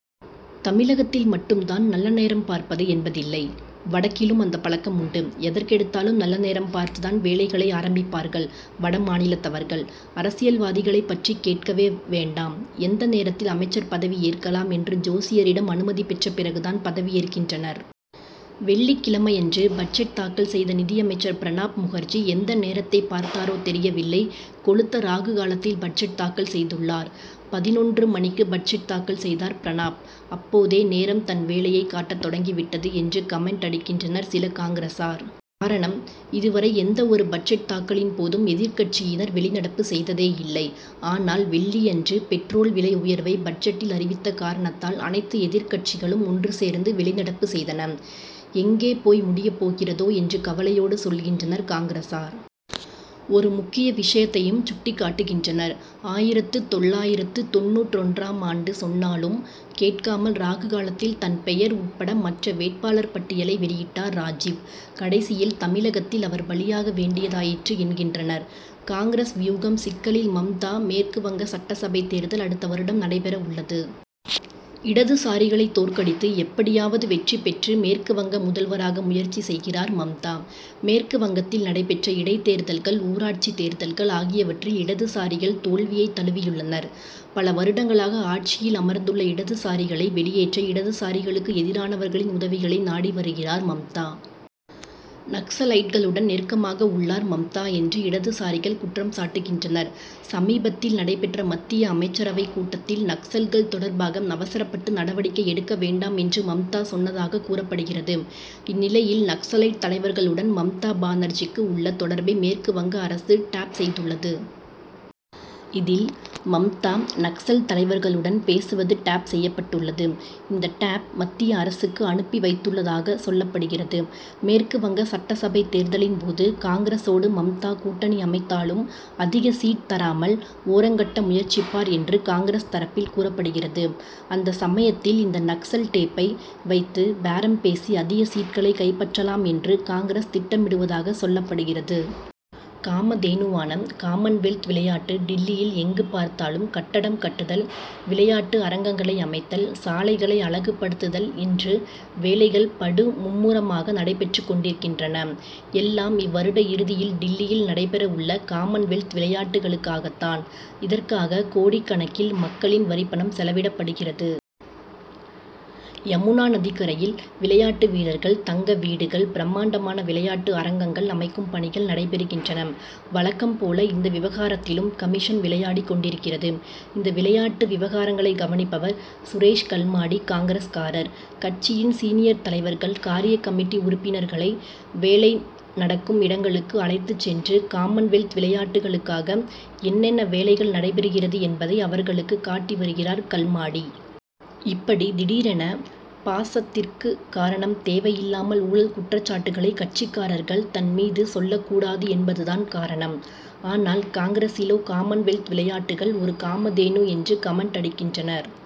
தமிழகத்தில் மட்டும் தான் நல்ல நேரம் பார்ப்பது என்பதில்லை. வடக்கிலும் அந்தப் பழக்கம் உண்டு. எதற்கெடுத்தாலும் நல்ல நேரம் பார்த்து தான் வேலைகளை ஆரம்பிப்பார்கள் வட மாநிலத்தவர்கள். அரசியல்வாதிகளைப் பற்றி கேட்கவே வேண்டாம். எந்த நேரத்தில் அமைச்சர் பதவி ஏற்கலாம் என்று ஜோசியரிடம் அனுமதி பெற்ற பிறகு தான் பதவியேற்கின்றனர். வெள்ளிக்கிழமையன்று பட்ஜெட் தாக்கல் செய்த நிதியமைச்சர் பிரணாப் முகர்ஜி எந்த நேரத்தைப் பார்த்தாரோ தெரியவில்லை. கொழுத்த ராகு காலத்தில் பட்ஜெட் தாக்கல் செய்துள்ளார். பதினொன்று மணிக்கு பட்ஜெட் தாக்கல் செய்தார் பிரணாப். 'அப்போதே நேரம் தன் வேலையைக் காட்டத் தொடங்கிவிட்டது என்று கமென்ட் அடிக்கின்றனர் சில காங்கிரசார். காரணம், இதுவரை எந்த ஒரு பட்ஜெட் தாக்கலின் போதும் எதிர்க்கட்சியினர் வெளிநடப்பு செய்ததே இல்லை. ஆனால், வெள்ளியன்று பெட்ரோல் விலை உயர்வை பட்ஜெட்டில் அறிவித்த காரணத்தால், அனைத்து எதிர்க்கட்சிகளும் ஒன்று சேர்ந்து வெளிநடப்பு செய்தன. எங்கே போய் முடியப் போகிறதோ என்று கவலையோடு சொல்கின்றனர் காங்கிரசார். ஒரு முக்கிய விஷயத்தையும் சுட்டிக் காட்டுகின்றனர். ஆயிரத்து தொள்ளாயிரத்து தொண்ணூற்றொன்றாம் ஆண்டு சொன்னாலும் கேட்காமல் ராகுகாலத்தில் தன் பெயர் உட்பட மற்ற வேட் பாளர் பட்டியலை வெளியிட்டார் ராஜிவ். கடைசியில் தமிழகத்தில் அவர் பலியாக வேண்டியதாயிற்று என்கின்றனர். காங்கிரஸ் வியூகம் சிக்கலில் மம்தா மேற்கு வங்க சட்டசபை தேர்தல் அடுத்த வருடம் நடைபெற உள்ளது. இடதுசாரிகளை தோற்கடித்து எப்படியாவது வெற்றி பெற்று மேற்கு வங்க முதல்வராக முயற்சி செய்கிறார் மம்தா. மேற்கு வங்கத் தில் நடைபெற்ற இடைத்தேர்தல்கள், ஊராட்சி தேர்தல்கள் ஆகியவற்றில் இடதுசாரிகள் தோல்வியைத் தழுவியுள்ளனர். பல வருடங்களாக ஆட்சியில் அமர்ந்துள்ள இடதுசாரிகளை வெளியேற்ற இடதுசாரிகளுக்கு எதிரானவர்களின் உதவிகளை நாடி வருகிறார் மம்தா. நக்சலைட்களுடன் நெருக்கமாக உள்ளார் மம்தா என்று இடதுசாரிகள் குற்றம் சாட்டுகின்றனர். சமீபத்தில் நடைபெற்ற மத்திய அமைச்சரவைக் கூட்டத்தில், நக்சல்கள் தொடர்பாக அவசரப்பட்டு நடவடிக்கை எடுக்க வேண்டாம் என்று மம்தா சொன்னதாகக் கூறப்படுகிறது. இந்நிலையில், நக்சலைட் தலைவர்களுடன் மம்தா பானர்ஜிக்கு உள்ள தொடர்பை மேற்கு வங்க அரசு டேப் செய்துள்ளது. இதில், மம்தா- நக்சல் தலைவர்களுடன் பேசுவது டேப் செய்யப்பட்டுள்ளது. இந்த டேப் மத்திய அரசுக்கு அனுப்பி வைத்துள்ளதாகச் சொல்லப்படுகிறது. மேற்கு வங்க சட்டசபை தேர்தலின் போது காங்கிரசோடு மம்தா கூட்டணி அமைத்தாலும் அதிக சீட் தராமல் ஓரங்கட்ட முயற்சிப்பார் என்று காங்கிரஸ் தரப்பில் கூறப்படுகிறது. அந்த சமயத்தில் இந்த நக்சல் டேப்பை வைத்து பேரம் பேசி அதிக சீட்களை கைப்பற்றலாம் என்று காங்கிரஸ் திட்டமிடுவதாக சொல்லப்படுகிறது. காமதேனுவானகாமன்வெல்த் விளையாட்டு டில்லியில் எங்கு பார்த்தாலும் கட்டடம் கட்டுதல், விளையாட்டு அரங்கங் களை அமைத்தல், சாலைகளை அழகு படுத்துதல் என்று வேலைகள் படு மும்முரமாக நடைபெற்றுக் கொண்டிருக்கின்றன. எல்லாம் இவ்வருட இறுதியில் டில்லியில் நடைபெற உள்ள காமன்வெல்த் விளையாட்டுகளுக்காகத்தான். இதற்காக கோடிக்கணக்கில் மக்களின் வரிப்பணம் செலவிடப்படுகிறது. யமுனா நதிக்கரையில் விளையாட்டு வீரர்கள் தங்க வீடுகள், பிரம்மாண்டமான விளையாட்டு அரங்கங்கள் அமைக்கும் பணிகள் நடைபெறுகின்றன. வழக்கம் போல, இந்த விவகாரத்திலும் கமிஷன் விளையாடிக் கொண்டிருக்கிறது. இந்த விளையாட்டு விவகாரங்களை கவனிப்பவர் சுரேஷ் கல்மாடி, காங்கிரஸ்காரர். கட்சியின் சீனியர் தலைவர்கள் காரியக்கமிட்டி உறுப்பினர் களை வேலை நடக்கும் இடங்களுக்கு அழைத்துச் சென்று காமன்வெல்த் விளையாட்டுகளுக்காக என்னென்ன வேலைகள் நடைபெறுகிறது என்பதை அவர்களுக்கு காட்டி வருகிறார் கல்மாடி. இப்படி திடீரென பாசத்திற்குக் காரணம், தேவையில்லாமல் ஊழல் குற்றச்சாட்டுகளை கட்சிக்காரர்கள் தன் மீது சொல் லக்கூடாது என்பது தான் காரணம். ஆனால், காங்கிரசிலோ, காமன் வெல்த் விளையாட்டுகள், ஒரு காமதேனு என்று கமென்ட் அடிக்கின்றனர்.